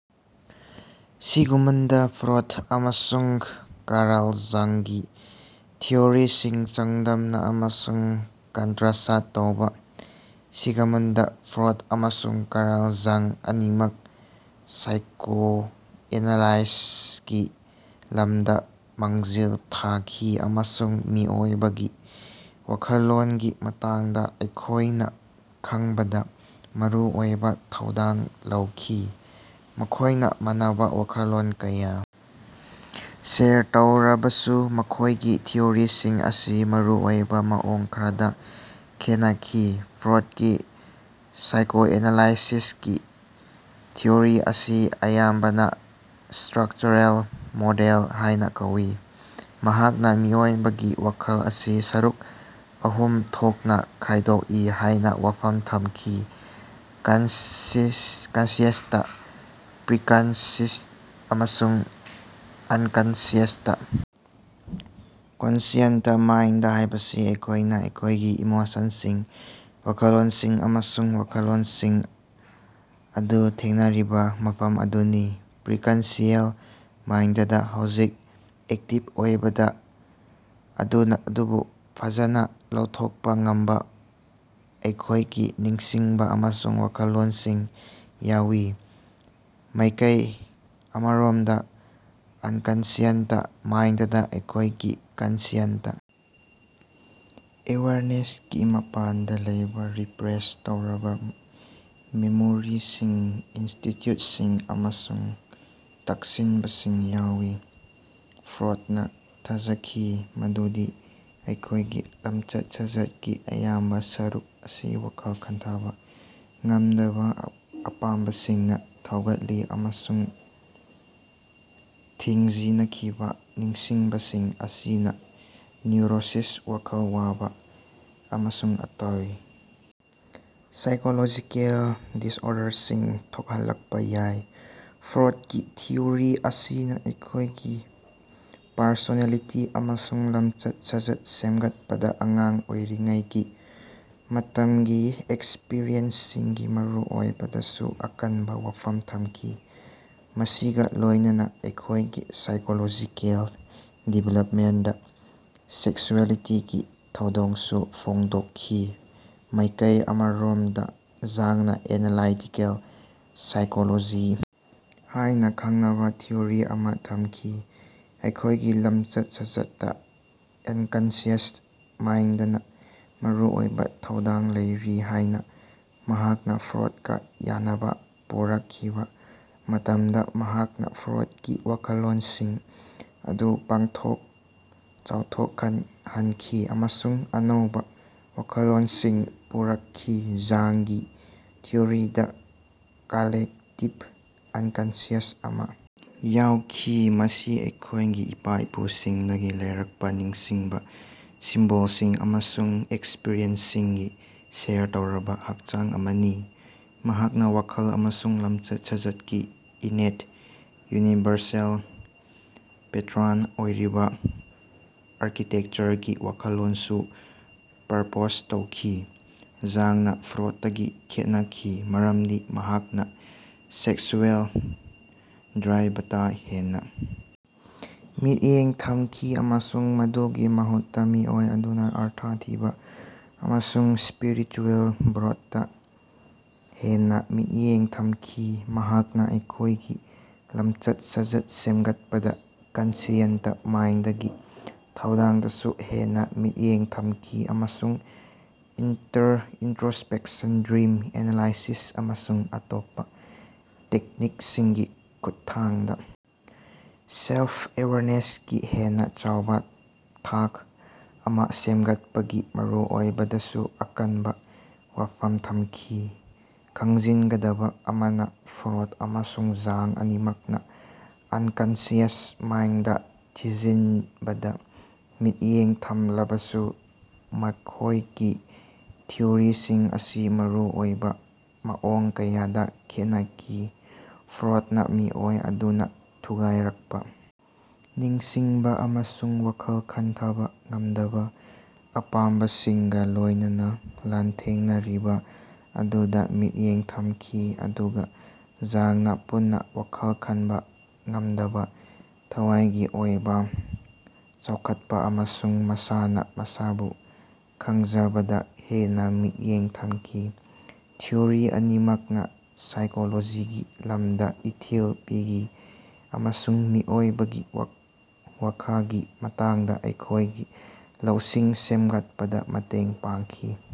Sigmund Freud ꯑꯃꯁꯨꯡ Carl ꯖꯪꯒꯤ ꯊꯤꯑꯣꯔꯤꯁꯤꯡ ꯆꯥꯡꯗꯝꯅ ꯑꯃꯁꯨꯡ ꯀꯟꯇꯔꯁ꯭ꯠ ꯇꯧꯕ꯫ ꯁꯤꯒꯃꯨꯟꯗ ꯐ꯭ꯔꯣꯗ ꯑꯃꯁꯨꯡ ꯀꯥꯔꯜ ꯖꯪ ꯑꯅꯤꯃꯛ ꯁꯥꯏꯀꯣꯑꯦꯅꯥꯂꯥꯏꯁꯤꯁꯀꯤ ꯂꯝꯗ ꯃꯥꯡꯖꯤꯜ ꯊꯥꯈꯤ ꯑꯃꯁꯨꯡ ꯃꯤꯑꯣꯏꯕꯒꯤ ꯋꯥꯈꯜꯂꯣꯟꯒꯤ ꯃꯇꯥꯡꯗ ꯑꯩꯈꯣꯏꯅ ꯈꯪꯕꯗ ꯃꯔꯨꯑꯣꯏꯕ ꯊꯧꯗꯥꯡ ꯂꯧꯈꯤ꯫ ꯃꯈꯣꯏꯅ ꯃꯥꯟꯅꯕ ꯋꯥꯈꯜꯂꯣꯟ ꯀꯌꯥ ꯁꯦꯌꯔ ꯇꯧꯔꯕꯁꯨ ꯃꯈꯣꯏꯒꯤ ꯊꯤꯑꯣꯔꯤꯁꯤꯡ ꯑꯁꯤ ꯃꯔꯨꯑꯣꯏꯕ ꯃꯑꯣꯡ ꯈꯔꯗ ꯈꯦꯠꯅꯈꯤ꯫ ꯐ꯭ꯔꯣꯗꯀꯤ ꯁꯥꯏꯀꯣꯑꯦꯅꯥꯂꯥꯏꯁꯤꯁꯀꯤ ꯊꯤꯑꯣꯔꯤ ꯑꯁꯤ ꯑꯌꯥꯝꯕꯅ ꯁ꯭ꯇꯔꯛꯆꯔꯦꯜ ꯃꯣꯗꯦꯜ ꯍꯥꯏꯅ ꯀꯧꯏ꯫ ꯃꯍꯥꯛꯅ ꯃꯤꯑꯣꯏꯕꯒꯤ ꯋꯥꯈꯜ ꯑꯁꯤ ꯁꯔꯨꯛ ꯑꯍꯨꯝ ꯊꯣꯛꯅ ꯈꯥꯏꯗꯣꯛꯏ ꯍꯥꯏꯅ ꯋꯥꯐꯝ ꯊꯝꯈꯤ -ꯀꯟꯁꯤꯌꯦꯟꯇ, ꯄ꯭ꯔꯤꯀꯟꯁꯤꯌꯦꯁꯟ ꯑꯃꯁꯨꯡ ꯑꯟꯀꯟꯁꯤꯌꯦꯟꯇ꯫ ꯀꯟꯁꯤꯌꯦꯟꯇ ꯃꯥꯏꯟꯗ ꯍꯥꯏꯕꯁꯤ ꯑꯩꯈꯣꯏꯅ ꯑꯩꯈꯣꯏꯒꯤ ꯏꯃꯣꯁꯟꯁꯤꯡ, ꯋꯥꯈꯜꯂꯣꯟꯁꯤꯡ ꯑꯃꯁꯨꯡ ꯋꯥꯈꯜꯂꯣꯟꯁꯤꯡ ꯑꯗꯨ ꯊꯦꯡꯅꯔꯤꯕ ꯃꯐꯝ ꯑꯗꯨꯅꯤ꯫ ꯄ꯭ꯔꯤꯀꯟꯁꯤꯌꯦꯜ ꯃꯥꯏꯟꯗꯗ ꯍꯧꯖꯤꯛ ꯑꯦꯛꯇꯤꯕ ꯑꯣꯏꯕꯗ ꯑꯗꯨꯕꯨ ꯐꯖꯅ ꯂꯧꯊꯣꯛꯄ ꯉꯝꯕ ꯑꯩꯈꯣꯏꯒꯤ ꯅꯤꯡꯁꯤꯡꯕ ꯑꯃꯁꯨꯡ ꯋꯥꯈꯜꯂꯣꯟꯁꯤꯡ ꯌꯥꯎꯏ꯫ ꯃꯥꯏꯀꯩ ꯑꯃꯔꯣꯝꯗ, ꯑꯟꯀꯟꯁꯤꯌꯦꯟꯇ ꯃꯥꯏꯟꯗꯗ ꯑꯩꯈꯣꯏꯒꯤ ꯀꯟꯁꯤꯌꯦꯟꯇ ꯑꯦꯋꯦꯌꯔꯅꯦꯁꯀꯤ ꯃꯄꯥꯟꯗ ꯂꯩꯕ ꯔꯤꯄ꯭ꯔꯦꯁ ꯇꯧꯔꯕ ꯃꯦꯃꯣꯔꯤꯁꯤꯡ, ꯏꯟꯁꯇꯤꯇ꯭ꯌꯨꯠꯁꯤꯡ ꯑꯃꯁꯨꯡ ꯇꯛꯁꯤꯟꯕꯁꯤꯡ ꯌꯥꯎꯏ꯫ ꯐ꯭ꯔꯣꯗ ꯅꯥ ꯊꯥꯖꯈꯤ ꯃꯗꯨꯗꯤ ꯑꯩꯈꯣꯏꯒꯤ ꯂꯝꯆꯠ-ꯁꯥꯖꯠꯀꯤ ꯑꯌꯥꯝꯕ ꯁꯔꯨꯛ ꯑꯁꯤ ꯋꯥꯈꯜ ꯈꯟꯊꯕ ꯉꯝꯗꯕ ꯑꯄꯥꯝꯕꯁꯤꯡꯅ ꯊꯧꯒꯠꯂꯤ ꯑꯃꯁꯨꯡ ꯊꯤꯡꯖꯤꯅꯈꯤꯕ ꯅꯤꯡꯁꯤꯡꯕꯁꯤꯡ ꯑꯁꯤꯅ ꯅ꯭ꯌꯨꯔꯣꯁꯤꯁ, ꯋꯥꯈꯜ ꯋꯥꯕ ꯑꯃꯁꯨꯡ ꯑꯇꯩ ꯁꯥꯏꯀꯣꯂꯣꯖꯤꯀꯦꯜ ꯗꯤꯁꯑꯣꯔꯗꯔꯁꯤꯡ ꯊꯣꯛꯍꯜꯂꯛꯄ ꯌꯥꯏ꯫ ꯐ꯭ꯔꯣꯗꯀꯤ ꯊꯤꯑꯣꯔꯤ ꯑꯁꯤꯅ ꯑꯩꯈꯣꯏꯒꯤ ꯄꯔꯁꯣꯅꯦꯂꯤꯇꯤ ꯑꯃꯁꯨꯡ ꯂꯝꯆꯠ-ꯁꯥꯖꯠ ꯁꯦꯝꯒꯠꯄꯗ ꯑꯉꯥꯡ ꯑꯣꯏꯔꯤꯉꯩꯒꯤ ꯃꯇꯝꯒꯤ ꯑꯦꯛꯁꯄ꯭ꯔꯤꯌꯦꯟꯁꯁꯤꯡꯒꯤ ꯃꯔꯨꯑꯣꯏꯕꯗꯁꯨ ꯑꯀꯟꯕ ꯋꯥꯐꯝ ꯊꯝꯈꯤ, ꯃꯁꯤꯒ ꯂꯣꯏꯅꯅ ꯑꯩꯈꯣꯏꯒꯤ ꯁꯥꯏꯀꯣꯂꯣꯖꯤꯀꯦꯜ ꯗꯤꯚꯦꯂꯞꯃꯦꯟꯇꯗ ꯁꯦꯛꯁꯨꯑꯦꯂꯤꯇꯤꯒꯤ ꯊꯧꯗꯥꯡꯁꯨ ꯐꯣꯡꯗꯣꯛꯈꯤ꯫ ꯃꯥꯏꯀꯩ ꯑꯃꯔꯣꯝꯗ ꯖꯪꯅ ꯑꯦꯅꯥꯂꯥꯏꯇꯤꯀꯦꯜ ꯁꯥꯏꯀꯣꯂꯣꯖꯤ ꯍꯥꯏꯅ ꯈꯪꯅꯕ ꯊꯤꯑꯣꯔꯤ ꯑꯃ ꯊꯝꯈꯤ꯫ ꯑꯩꯈꯣꯏꯒꯤ ꯂꯝꯆꯠ-ꯁꯥꯖꯠꯇ ꯑꯟꯀꯟꯁꯤꯌꯁ ꯃꯥꯏꯟꯗꯅ ꯃꯔꯨꯑꯣꯏꯕ ꯊꯧꯗꯥꯡ ꯂꯩꯔꯤ ꯍꯥꯏꯅ ꯃꯍꯥꯛꯅ ꯐ꯭ꯔꯣꯗꯀꯥ ꯌꯥꯅꯕ ꯄꯨꯔꯛꯈꯤꯕ ꯃꯇꯝꯗ ꯃꯍꯥꯛꯅ ꯐ꯭ꯔꯣꯗꯀꯤ ꯋꯥꯈꯜꯂꯣꯟꯁꯤꯡ ꯑꯗꯨ ꯄꯥꯛꯊꯣꯛ ꯆꯥꯎꯊꯣꯛꯍꯟꯈꯤ ꯑꯃꯁꯨꯡ ꯑꯅꯧꯕ ꯋꯥꯈꯜꯂꯣꯟꯁꯤꯡ ꯄꯨꯔꯛꯈꯤ꯫ ꯖꯪꯒꯤ ꯊꯤꯑꯣꯔꯤꯗ ꯀꯥꯂꯦꯛꯇꯤꯕ ꯑꯟꯀꯟꯁꯤꯌꯁ ꯑꯃ ꯌꯥꯎꯈꯤ, ꯃꯁꯤ ꯑꯩꯈꯣꯏꯒꯤ ꯏꯄꯥ-ꯏꯄꯨꯁꯤꯡꯗꯒꯤ ꯂꯧꯔꯛꯄ ꯅꯤꯡꯁꯤꯡꯕ, ꯁꯤꯝꯕꯣꯜꯁꯤꯡ ꯑꯃꯁꯨꯡ ꯑꯦꯛꯁꯄ꯭ꯔꯤꯌꯦꯟꯁꯁꯤꯡꯒꯤ ꯁꯦꯌꯔ ꯇꯧꯔꯕ ꯍꯛꯆꯥꯡ ꯑꯃꯅꯤ꯫ ꯃꯍꯥꯛꯅ ꯋꯥꯈꯜ ꯑꯃꯁꯨꯡ ꯂꯝꯆꯠ-ꯁꯥꯖꯠꯀꯤ ꯏꯟꯅꯦꯠ, ꯌꯨꯅꯤꯚꯔꯁꯦꯜ ꯄꯦꯇꯔꯟ ꯑꯣꯏꯔꯤꯕ ꯑꯥꯔꯀꯤꯇꯦꯛꯆꯔꯒꯤ ꯋꯥꯈꯜꯂꯣꯟꯁꯨ ꯄ꯭ꯔꯄꯣꯖ ꯇꯧꯈꯤ꯫ ꯖꯪꯅ ꯐ꯭ꯔꯣꯗꯇꯒꯤ ꯈꯦꯠꯅꯈꯤ ꯃꯔꯝꯗꯤ ꯃꯍꯥꯛꯅ ꯁꯦꯛꯁꯨꯑꯦꯜ ꯗ꯭ꯔꯥꯏꯕꯇꯥ ꯍꯦꯟꯅ ꯃꯤꯠꯌꯦꯡ ꯊꯝꯈꯤ ꯑꯃꯁꯨꯡ ꯃꯗꯨꯒꯤ ꯃꯍꯨꯠꯇ ꯃꯤꯑꯣꯏ ꯑꯗꯨꯅ ꯑꯔꯊ ꯊꯤꯕ ꯑꯃꯁꯨꯡ ꯁ꯭ꯄꯤꯔꯤꯆꯨꯌꯦꯜ ꯒ꯭ꯔꯣꯊꯇꯥ ꯍꯦꯟꯅ‌ ꯃꯤꯠꯌꯦꯡ ꯊꯝꯈꯤ꯫ ꯃꯍꯥꯛꯅ ꯑꯩꯈꯣꯏꯒꯤ ꯂꯝꯆꯠ-ꯁꯥꯖꯠ ꯁꯦꯝꯒꯠꯄꯗ ꯀꯟꯁꯤꯌꯦꯟꯇ ꯃꯥꯏꯟꯗꯒꯤ ꯊꯧꯗꯥꯡꯗꯁꯨ ꯍꯦꯟꯅ ꯃꯤꯠꯌꯦꯡ ꯊꯝꯈꯤ ꯑꯃꯁꯨꯡ ꯏꯟꯇꯔꯣꯁ꯭ꯄꯦꯛꯁꯟ, ꯗ꯭ꯔꯤꯝ ꯑꯦꯅꯥꯂꯥꯏꯁꯤꯁ ꯑꯃꯁꯨꯡ ꯑꯇꯣꯞꯄ ꯇꯦꯛꯅꯤꯛꯁꯤꯡꯒꯤ ꯈꯨꯠꯊꯥꯡꯗ ꯁꯦꯜꯐ-ꯑꯦꯋꯥꯔꯅꯦꯁꯀꯤ ꯍꯦꯟꯅ ꯆꯥꯎꯕꯥ ꯊꯥꯛ ꯑꯃ ꯁꯦꯝꯒꯠꯄꯒꯤ ꯃꯔꯨꯑꯣꯏꯕꯗꯁꯨ ꯑꯀꯟꯕ ꯋꯥꯐꯝ ꯊꯝꯈꯤ꯫ ꯈꯪꯖꯤꯟꯒꯗꯕ ꯑꯃꯅ, ꯐ꯭ꯔꯣꯗ ꯑꯃꯁꯨꯡ ꯖꯪ ꯑꯅꯤꯃꯛꯅ ꯑꯟꯀꯟꯁꯤꯌꯁ ꯃꯥꯏꯟꯗ ꯊꯤꯖꯤꯟꯕꯗ ꯃꯤꯠꯌꯦꯡ ꯊꯝꯂꯕꯁꯨ ꯃꯈꯣꯏꯒꯤ ꯊꯤꯑꯣꯔꯤꯁꯤꯡ ꯑꯁꯤ ꯃꯔꯨ ꯑꯣꯏꯕ ꯃꯑꯣꯡ ꯀꯌꯥꯗ ꯈꯦꯠꯅꯈꯤ꯫ ꯐ꯭ꯔꯣꯗꯅ ꯃꯤꯑꯣꯏ ꯑꯗꯨꯅ ꯊꯨꯒꯥꯏꯔꯛꯄ ꯅꯤꯡꯁꯤꯡꯕ ꯑꯃꯁꯨꯡ ꯋꯥꯈꯜ ꯈꯟꯊꯥꯕ ꯉꯝꯗꯕ ꯑꯄꯥꯝꯕꯁꯤꯡꯒ ꯂꯣꯏꯅꯅ ꯂꯥꯟꯊꯦꯡꯅꯔꯤꯕ ꯑꯗꯨꯗ ꯃꯤꯠꯌꯦꯡ ꯊꯝꯈꯤ, ꯑꯗꯨꯒ ꯖꯪꯅꯥ ꯄꯨꯟꯅ ꯋꯥꯈꯜ ꯈꯟꯕ ꯉꯝꯗꯕ, ꯊꯋꯥꯏꯒꯤ ꯑꯣꯏꯕ ꯆꯥꯎꯈꯠꯄ‌ ꯑꯃꯁꯨꯡ ꯃꯁꯥꯅ‌ ꯃꯁꯥꯕꯨ ꯈꯪꯖꯕꯗ ꯍꯦꯟꯅ ꯃꯤꯠꯌꯦꯡ ꯊꯝꯈꯤ꯫ ꯊꯤꯑꯣꯔꯤ ꯑꯅꯤꯃꯛꯅ ꯁꯥꯏꯀꯣꯂꯣꯖꯤꯒꯤ ꯂꯝꯗ ꯏꯊꯤꯜ ꯄꯤꯈꯤ ꯑꯃꯁꯨꯡ ꯃꯤꯑꯣꯏꯕꯒꯤ ꯋꯥꯈꯒꯤ ꯃꯇꯥꯡꯗ ꯑꯩꯈꯣꯏꯒꯤ ꯂꯧꯁꯤꯡ ꯁꯦꯝꯒꯠꯄꯗ ꯃꯇꯦꯡ ꯄꯥꯡꯈꯤ꯫